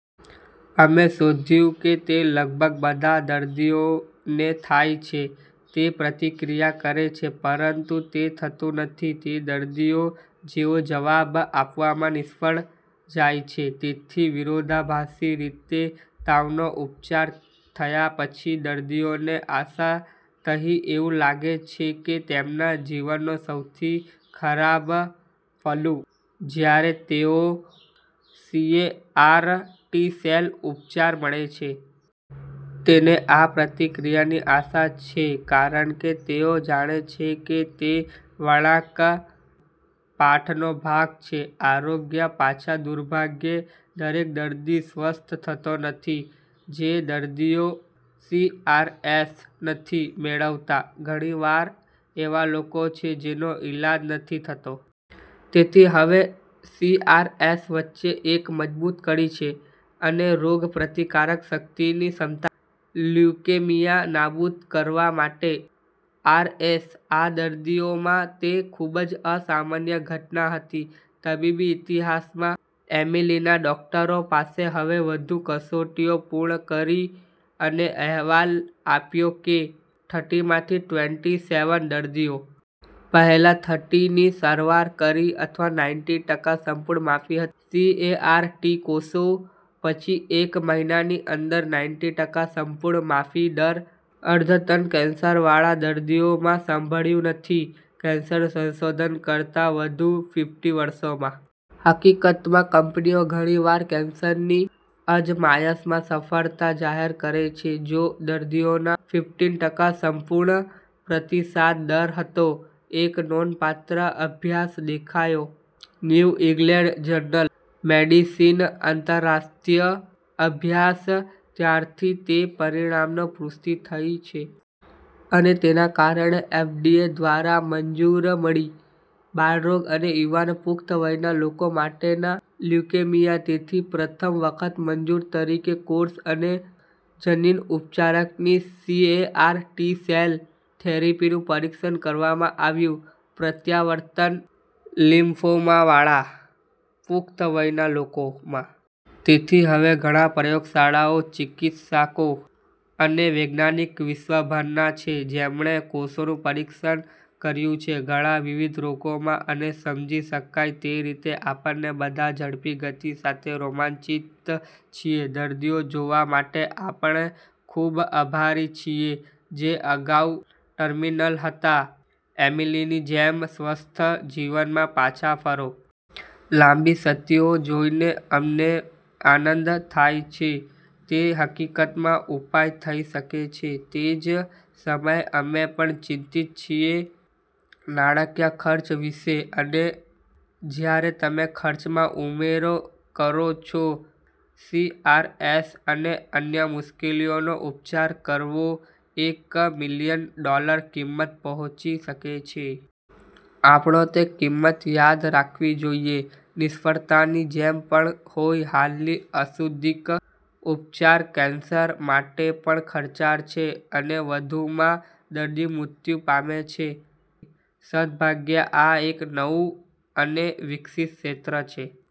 અમે શોધ્યું કે તે લગભગ બધા દર્દીઓ ને થાય છે જે પ્રતિક્રિયા કરે છે પરંતુ તે થતું નથી તે દર્દીઓ જેઓ જવાબ આપવામાં નિષ્ફળ જાય છે. તેથી વિરોધાભાસી રીતે તાવનો ઉપચાર થયા પછી દર્દીઓને આશા તહી એવું લાગે છે કે તેમના જીવનનો સૌથી ખરાબ ફલૂ જ્યારે તેઓ સીએઆર ટી-સેલ ઉપચાર મળે છે. તેને આ પ્રતિક્રિયાની આશા છે કારણ કે તેઓ જાણે છે કે તે વળાંક પાથનો ભાગ છે આરોગ્ય પાછા. દુર્ભાગ્યે, દરેક દર્દી સ્વસ્થ થતો નથી. જે દર્દીઓ સીઆરએસ નથી મેળવતા, ઘણીવાર એવા લોકો છે જેનો ઇલાજ નથી થતો. તેથી હવે સીઆરએસ વચ્ચે એક મજબૂત કડી છે અને રોગપ્રતિકારક શક્તિની ક્ષમતા લ્યુકેમિયા નાબૂદ કરવા માટે. આર.એસ.આ દર્દીઓમાં તે ખૂબ જ અસામાન્ય ઘટના હતી તબીબી ઇતિહાસમાં. એમિલીના ડોકટરો પાસે હવે વધુ કસોટીઓ પૂર્ણ કરી અને અહેવાલ આપ્યો કે થીરટી માંથી ટ્વેન્ટી સેવન દર્દીઓ. પહેલા થીરટીની સારવાર કરી અથવા નાઈન્ટી ટકા સંપૂર્ણ માફી હતી. સીએઆર ટી કોષો પછી એક મહિનાની અંદર નાઈન્ટી ટકા સંપૂર્ણ માફી દર અદ્યતન કેન્સરવાળા દર્દીઓમાં સાંભળ્યું નથી કેન્સર સંશોધન કરતાં વધુ ફિફ્ટી વર્ષોમાં. હકીકતમાં, કંપનીઓ ઘણીવાર કેન્સરની અજમાયશમાં સફળતા જાહેર કરે છે જો દર્દીઓના ફિફટિન ટકા સંપૂર્ણ પ્રતિસાદ દર હતો. એક નોંધપાત્ર અભ્યાસ દેખાયો "ન્યુ ઇંગ્લેંડ જર્નલ મેડિસિન" આંતરરાષ્ટ્રીય અભ્યાસ ત્યારથી તે પરિણામોની પુષ્ટિ થઈ છે. અને તેના કારણે એફડીએ દ્વારા મંજૂરી મળી બાળરોગ અને યુવાન પુખ્ત વયના લોકો માટેના લ્યુકેમિયા. તેથી પ્રથમ વખત મંજૂરી તરીકે કોષ અને જનીન ઉપચારની સીએઆર ટી-સેલ થેરેપીનું પરીક્ષણ કરવામાં આવ્યું પ્રત્યાવર્તન લિમ્ફોમાવાળા પુખ્ત વયના લોકોમાં. તેથી હવે ઘણા પ્રયોગશાળાઓ, ચિકિત્સકો અને વૈજ્ઞાનિકો વિશ્વભરના છે જેમણે કોષોનું પરીક્ષણ કર્યું છે ઘણા વિવિધ રોગોમાં અને સમજી શકાય તે રીતે. આપણે બધા ઝડપી ગતિ સાથે રોમાંચિત છીએ દર્દીઓ જોવા માટે. આપણે ખૂબ આભારી છીએ જે અગાઉ ટર્મિનલ હતા એમિલીની જેમ સ્વસ્થ જીવનમાં પાછા ફરો. લાંબી ક્ષતિઓ જોઈને અમને આનંદ થાય છે. તે હકીકતમાં ઉપાય થઈ શકે છે. તે જ સમયે અમે પણ ચિંતિત છીએ નાણાકીય ખર્ચ વિશે. અને જ્યારે તમે ખર્ચમાં ઉમેરો કરો છો, સીઆરએસ અને અન્ય મુશ્કેલીઓનો ઉપચાર કરવો એક મિલિયન ડોલર કિંમત પહોંચી શકે છે. આપણે તે કિંમત યાદ રાખવી જોઈએ નિષ્ફળતાની જે પણ હોય હાલની અશુદ્ધિક ઉપચાર કેન્સર માટે પણ ખર્ચાળ છે અને વધુમાં દર્દી મૃત્યુ પામે છે. સદભાગ્યે, આ એક નવું અને વિકસિત ક્ષેત્ર છે.